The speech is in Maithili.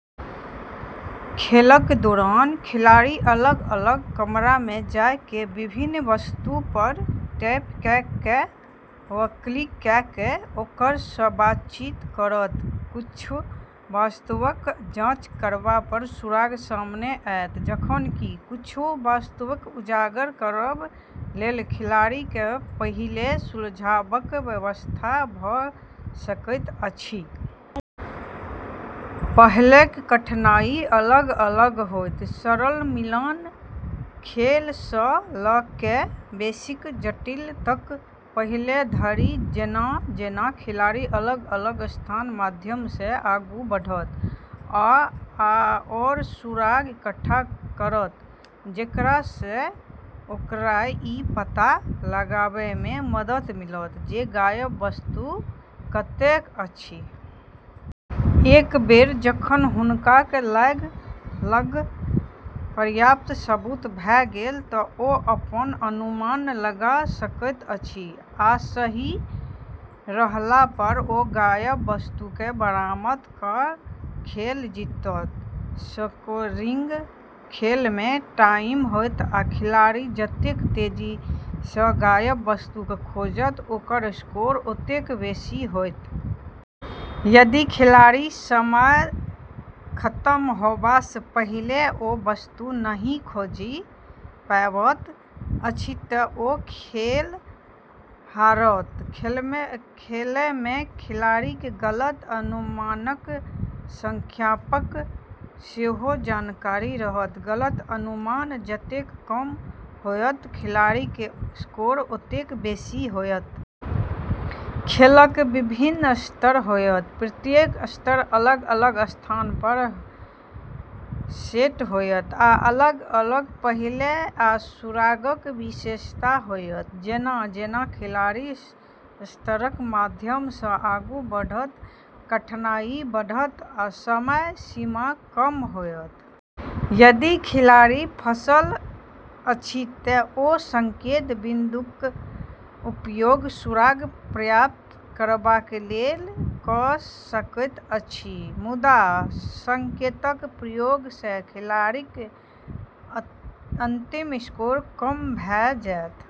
खेलक दौरान खिलाड़ी अलग-अलग कमरामे जाय क’ विभिन्न वस्तु पर टैप क’ क’ वा क्लिक क’ क’ ओकरा सँ बातचीत करत। किछु वस्तुअक जांच करला पर सुराग सामने आओत, जखन कि किछु वस्तुकेँ उजागर करबा लेल खिलाड़ीकेँ पहेली सुलझाबाक आवश्यकता भ’ सकैत अछि। पहेलीक कठिनाई अलग-अलग होयत, सरल मिलान खेल सँ ल’ क’ बेसी जटिल तर्क पहेली धरि। जेना-जेना खिलाड़ी अलग-अलग स्थानक माध्यम सँ आगू बढ़त, ओ आओर सुराग इकट्ठा करत जेकरा सँ ओकरा ई पता लगाएबमे मदद मिलत जे गायब वस्तु कतए अछि। एक बेर जखन हुनका लग पर्याप्त सबूत भ’ गेल तँ ओ अपन अनुमान लगा सकैत छथि आ सही रहला पर ओ गायब वस्तुकेँ बरामद क’ खेल जीतत। स्कोरिंग: खेलमे टाइमर होयत, आ खिलाड़ी जतेक तेजी सँ गायब वस्तुकेँ खोजत, ओकर स्कोर ओतेक बेसी होयत। यदि खिलाड़ी समय खतम होबा सँ पहिले ओ वस्तु नहि खोजि पाबैत अछि तँ ओ खेल हारत। खेलमे खिलाड़ीक गलत अनुमानक संख्याक सेहो जानकारी रहत; गलत अनुमान जतेक कम होयत, खिलाड़ीक स्कोर ओतेक बेसी होयत। स्तर: खेलक विभिन्न स्तर होयत प्रत्येक स्तर अलग-अलग स्थान पर सेट होयत आ अलग-अलग पहेली आ सुरागक विशेषता होयत। जेना-जेना खिलाड़ी स्तरक माध्यम सँ आगू बढ़त, कठिनाई बढ़त, आ समय सीमा कम होयत। संकेत: यदि खिलाड़ी फंसल अछि तँ ओ संकेत बिन्दुक उपयोग सुराग प्राप्त करबा लेल क’ सकैत अछि। मुदा संकेतक प्रयोग सँ खिलाड़ीक अंतिम स्कोर कम भ’ जेतै।